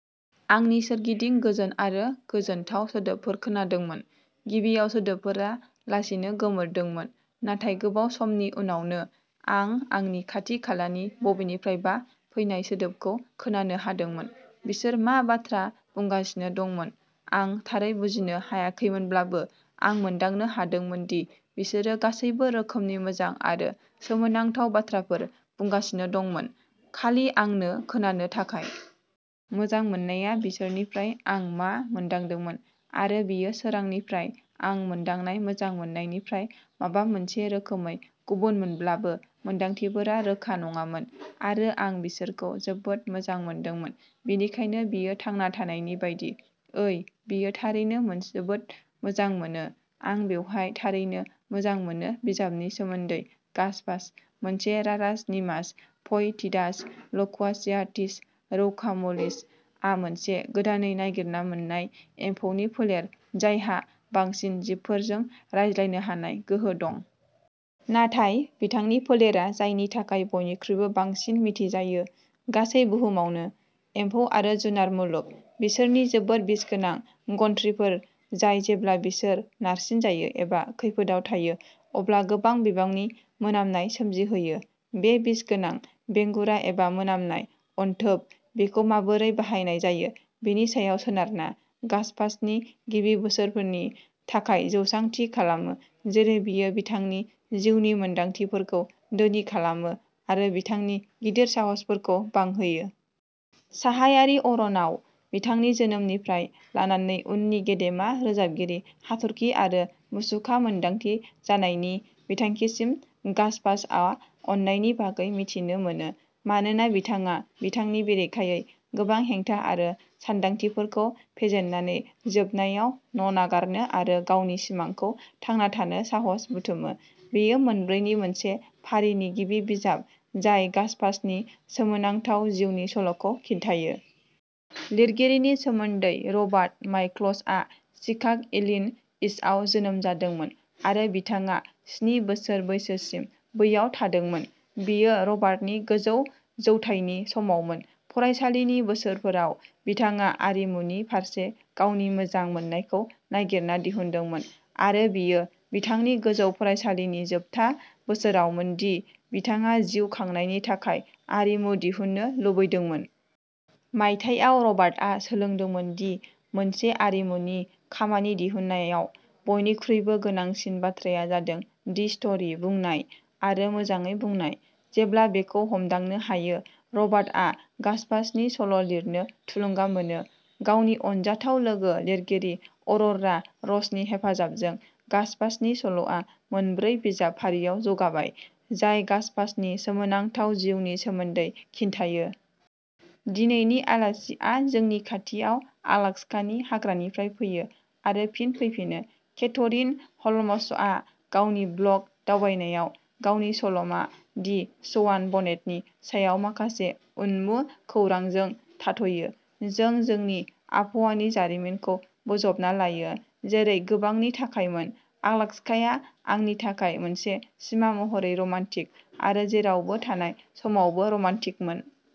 आंनि सोरगिदिं गोजोन आरो गोजोनथाव सोदोबफोर खोनादोंमोन। गिबियाव सोदोबफोरा लासैनो गोमोरदोंमोन नाथाय गोबाव समनि उनावनो, आं आंनि खाथि-खालानि बबेनिफ्रायबा फैनाय सोदोबखौ खोनानो हादोंमोन। बिसोर मा बाथ्रा बुंगासिनो दंमोन आं थारै बुजिनो हायाखैमोनब्लाबो आं मोनदांनो हादोंमोन दि बिसोरो गासैबो रोखोमनि मोजां आरो सोमोनांथाव बाथ्राफोर बुंगासिनो दंमोन, खालि आंनो खोनानो थाखाय। मोजां मोननाया बिसोरनिफ्राय आं मा मोनदांदोंमोन। आरो बेयो सोरांनिफ्राय आं मोनदांनाय मोजां मोननायनिफ्राय माबा मोनसे रोखोमै गुबुनमोनब्लाबो, मोनदांथिफोरा रोखा नङामोन आरो आं बिसोरखौ जोबोद मोजां मोनदोंमोन बेनिखायनो बेयो थांना थानायनि बायदि। ओइ, बेयो थारैनो जोबोद मोजां मोनो आं बेवहाय थारैनो मोजां मोनो बिजाबनि सोमोन्दै गाजपाच', मोनसे "रारास निमास फ'इटिडास ल'कुवासियाटिस रौका म'लिस" आ मोनसे गोदानै नागिरना मोननाय एम्फौनि फोलेर जायहा बांसिन जिबफोरजों रायज्लायनो हानाय गोहो दं। नाथाय बिथांनि फोलेरा जायनि थाखाय बयनिख्रुइबो बांसिन मिथिजायो, गासै बुहुमावनो। एम्फौ आरो जुनार मुलुग, बिसोरनि जोबोद बिसगोनां ग्रन्थिफोर जाय जेब्ला बिसोर नारसिनजायो एबा खैफोदआव थायो अब्ला गोबां बिबांनि मोनामनाय सोमजिहोयो। बे बिसगोनां "बेंगुरा" एबा मोनामनाय "अनथोब", बेखौ माबोरै बाहायनाय जायो बेनि सायाव सोनारना, गाजपाच'नि गिबि बोसोरफोरनि थाखाय जौसां थि खालामो जेरै बेयो बिथांनि जिउनि मोनदांथिफोरखौ धोनि खालामो आरो बिथांनि गिदिर साहसफोरखौ बांहोयो। साहायारि अरनाव बिथांनि जोनोमनिफ्राय लानानै उननि गेदेमा रोजाबगिरि हाथरखि आरो मुसुखा मोनदांथि जानायनि बिथांखिसिम, गाज्पाच'आ अननायनि बागै मिथिनो मोनो मानोना बिथाङा बिथांनि बेरेखायै गोबां हेंथा आरो सानदांथिफोरखौ फेजेननानै जोबनायाव न'नागारनो आरो गावनि सिमांखौ थांना थानो साहस बुथुमो बेयो मोनब्रैनि मोनसे फारिनि गिबि बिजाब जाय गाज्पाच'नि सोमोनांथाव जिउनि सल'खौ खिन्थायो! लिरगिरिनि सोमोन्दै रबार्ट माइकल्स आ शिकाग', इलिन'इसआव जोनोम जादोंमोन आरो बिथाङा स्नि बोसोर बैसोसिम बैयाव थादोंमोन। बेयो रबार्टनि गोजौ जौथायनि समावमोन। फरायसालिनि बोसोरफोराव बिथाङा आरिमुनि फारसे गावनि मोजां मोननायखौ नागिरना दिहुनदोंमोन आरो बेयो बिथांनि गोजौ फरायसालिनि जोबथा बोसोरावमोन दि बिथाङा जिउ खांनायनि थाखाय आरिमु दिहुननो लुबैदोंमोन। मायथाइयाव रबार्टआ सोलोंदोंमोन दि मोनसे आरिमुनि खामानि दिहुननायाव बयनिख्रुइबो गोनांसिन बाथ्राया जादों "दि स्टरि" बुंनाय आरो मोजाङै बुंनाय। जेब्ला बेखौ हमदांनो हायो, रबार्टआ गाजपाच'नि सल'लिरनो थुलुंगा मोनो। गावनि अनजाथाव लोगो लिरगिरि अर'रा र'जनि हेफाजाबजों, गाजपाच'नि सल'आ मोनब्रै बिजाब फारिआव जौगाबाय, जाय गाज्पाच'नि सोमोनांथाव जिउनि सोमोन्दै खिन्थायो। दिनैनि आलासिआ जोंनि खाथियाव आलास्कानि हाग्रानिफ्राय फैयो आरो फिन फैफिनो। केथरिन ह'ल्मसआ गावनि ब्लग दावबायनायाव गावनि सल'मा दि स्वान बनेटनि सायाव माखासे उननु खौरांजों थाथ'यो। जों जोंनि आबहावानि जारिमिनखौ बोजबना लायो, जेरै गोबांनि थाखायमोन, आलास्काया आंनि थाखाय मोनसे सिमा महरै रमान्टिक आरो जेरावबो थानाय समावबो रमान्टिकमोन।